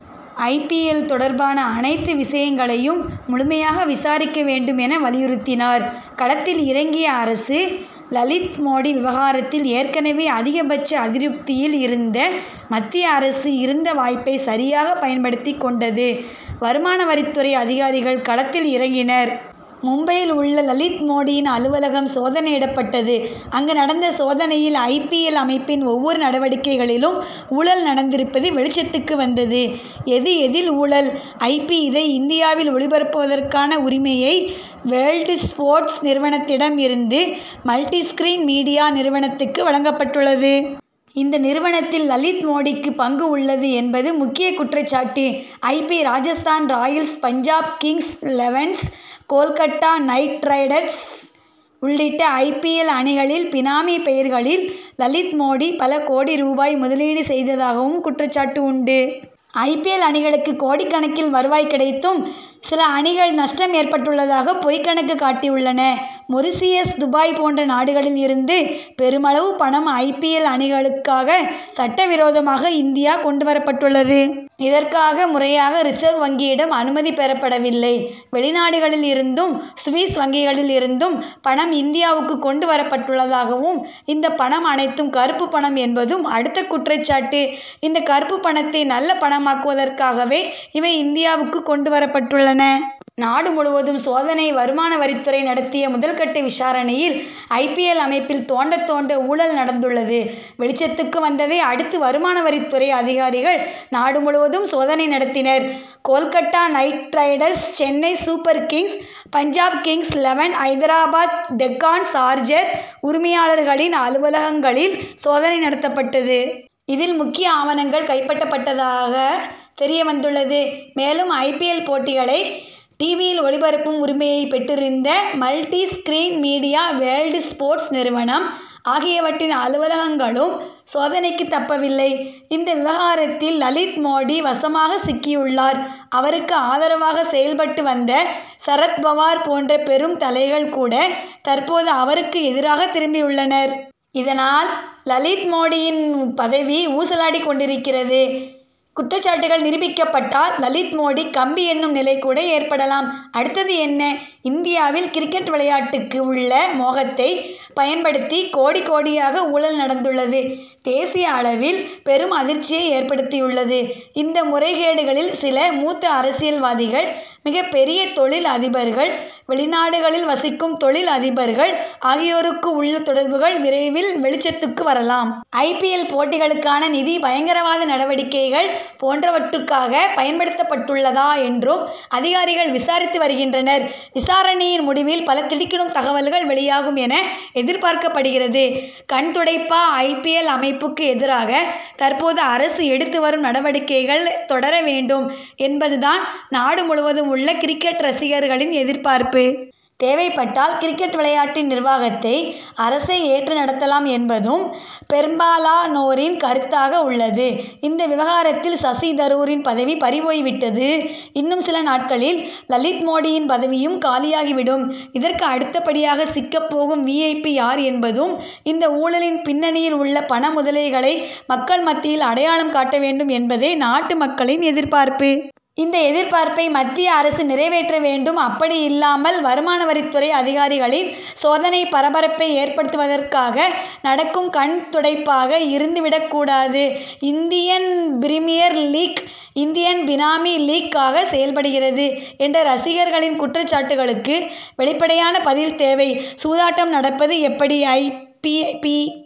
ஐ. P. L. தொடர்பான அனைத்து விஷயங்களையும் முழுமையாக விசாரிக்க வேண்டும் என வலியுறுத்தினார். களத்தில் இறங்கிய அரசு லலித் மோடி விவகாரத்தில் ஏற்கனவே அதிக பட்ச அதிருப்தியில் இருந்த மத்திய அரசு இருந்த வாய்ப்பை சரியாக பயன் படுத்திக் கொண்டது. வருமானவரித் துறை அதிகாரிகள் களத்தில் இறங்கினர். மும்பையில் உள்ள லலித் மோடியின் அலுவலகம் சோதனையிடப்பட்டது. அங்கு நடந்த சோதனையில் ஐ. பி. எல். அமைப்பின் ஒவ்வொரு நடவடிக்கைகளிலும் ஊழல் நடந்திருப்பது வெளிச்சத்துக்கு வந்தது. எது எதில் ஊழல்? ஐ. பி. இதை இந்தியாவில் ஒளிபரப்புவதற்கான உரிமையை வேர்ல்டு ஸ்போர்ட்ஸ் நிறுவனத்திடம் இருந்து மல்டி ஸ்கிரீன் மீடியா நிறுவனத்துக்கு வழங்கப்பட்டுள்ளது. இந்த நிறுவனத்தில் லலித் மோடிக்கு பங்கு உள்ளது என்பது முக்கிய குற்றச்சாட்டு. I. P. Rajasthan Royals Punjab Kings Elevens Kolkata Knight Riders உள்ளிட்ட ஐ. பி. எல் அணிகளில் பினாமி பெயர்களில் லலித் மோடி பல கோடி ரூபாய் முதலீடு செய்ததாகவும் குற்றச்சாட்டு உண்டு. ஐ. பி. எல். அணிகளுக்கு கோடிக் கணக்கில் வருவாய் கிடைத்தும் சில அணிகள் நஷ்டம் ஏற்பட்டுள்ளதாக பொய் கணக்கு காட்டியுள்ளன. மொரிஷியஸ் துபாய் போன்ற நாடுகளில் இருந்து பெருமளவு பணம் ஐ. பி. எல். அணிகளுக்காக சட்ட விரோதமாக இந்தியா கொண்டு வரப் பட்டுள்ளது. இதற்காக முறையாக ரிசர்வ் வங்கியிடம் அனுமதி பெறப்படவில்லை. வெளிநாடுகளில் இருந்தும் சுவிஸ் வங்கிகளில் இருந்தும் பணம் இந்தியாவுக்கு கொண்டு வரப்பட்டுள்ளதாகவும் இந்த பணம் அனைத்தும் கருப்பு பணம் என்பதும் அடுத்த குற்றச்சாட்டு. இந்த கருப்பு பணத்தை நல்ல பணமாக்குவதற்காகவே இவை இந்தியாவுக்கு கொண்டு வரப்பட்டுள்ளன. நாடு முழுவதும் சோதனை: வருமான வரித்துறை நடத்திய முதல் கட்ட விசாரணையில் ஐ. பி. எல். அமைப்பில் தோண்ட தோண்ட ஊழல் நடந்துள்ளது வெளிச்சத்துக்கு வந்ததை அடுத்து வருமான வரித்துறை அதிகாரிகள் நாடு முழுவதும் சோதனை நடத்தினர். Kolkata Knight Riders Chennai Super Kings, Punjab Kings Eleven Hyderabad Deccan Charger உரிமையாளர்களின் அலுவலகங்களில் சோதனை நடத்தப்பட்டது. இதில் முக்கிய ஆவணங்கள் கைப்பற்றப்பட்டதாக தெரியவந்துள்ளது. மேலும் ஐ. பி. எல். போட்டிகளை டிவி யில் ஒளிபரப்பும் உரிமையை பெற்றிருந்த Multi Screen Media World Sports நிறுவனம் ஆகியற்றின் அலுவலகங்களும் சோதனைக்கு தப்பவில்லை. இந்த விவகாரத்தில் லலித் மோடி வசமாக சிக்கியுள்ளார். அவருக்கு ஆதரவாக செயல்பட்டு வந்த சரத் பவார் போன்ற பெரும் தலைகள் கூட தற்போது அவருக்கு எதிராக திரும்பியுள்ளனர். இதனால் லலித் மோடியின் பதவி ஊசலாடிக் கொண்டிருக்கிறது. குற்றச்சாட்டுகள் நிரூபிக்கப்பட்டால் லலித் மோடி கம்பி எண்ணும் நிலை கூட ஏற்படலாம். அடுத்தது என்ன? இந்தியாவில் கிரிக்கெட் விளையாட்டுக்கு உள்ள மோகத்தை பயன்படுத்தி கோடி, கோடியாக ஊழல் நடந்துள்ளது தேசிய அளவில் பெரும் அதிர்ச்சியை ஏற்படுத்தியுள்ளது. இந்த முறைகேடுகளில் சில மூத்த அரசியல்வாதிகள் மிகப் பெரிய தொழில் அதிபர்கள் வெளிநாடுகளில் வசிக்கும் தொழில் அதிபர்கள் ஆகியோருக்கு உள்ள தொடர்புகள் விரைவில் வெளிச்சத்துக்கு வரலாம். ஐ. பி. எல். போட்டிகளுக்கான நிதி பயங்கரவாத நடவடிக்கைகள் போன்றவற்றுக்காக பயன்படுத்தப் பட்டுள்ளதா என்றும் அதிகாரிகள் விசாரித்து வருகின்றனர். விசாரணையின் முடிவில் பல திடுக்கிடும் தகவல்கள் வெளியாகும் என எதிர்பார்க்கப்படுகிறது. கண்துடைப்பா? ஐ. பி. எல். அமைப்புக்கு எதிராக தற்போது அரசு எடுத்து வரும் நடவடிக்கைகள் தொடர வேண்டும் என்பது தான் நாடு முழுவதும் உள்ள கிரிக்கெட் ரசிகர்களின் எதிர்பார்ப்பு. தேவைப்பட்டால் கிரிக்கெட் விளையாட்டின் நிர்வாகத்தை அரசே ஏற்று நடத்தலாம் என்பதும் பெரும்பாலானோரின் கருத்தாக உள்ளது. இந்த விவகாரத்தில் சசி தரூரின் பதவி பறிபோய்விட்டது. இன்னும் சில நாட்களில் லலித் மோடியின் பதவியும் காலியாகி விடும். இதற்கு அடுத்தபடியாக சிக்கப் போகும் வி. ஐ. பி. யார் என்பதும் இந்த ஊழலின் பின்னணியில் உள்ள பண முதலைகளை மக்கள் மத்தியில் அடையாளம் காட்ட வேண்டும் என்பதே நாட்டு மக்களின் எதிர்பார்ப்பு. இந்த எதிர்பார்ப்பை மத்திய அரசு நிறைவேற்ற வேண்டும். அப்படியில்லாமல் வருமான வரித்துறை அதிகாரிகளின் சோதனை பரபரப்பை ஏற்படுத்துவதற்காக நடக்கும் கண் துடைப்பாக இருந்து விடக் கூடாது. Indian Premier League. இந்தியன் பினாமி லீக்.காக செயல்படுகிறது என்ற ரசிகர்களின் குற்றச்சாட்டுகளுக்கு வெளிப்படையான பதில் தேவை. சூதாட்டம் நடப்பது எப்படி? ஐ. பி. பி.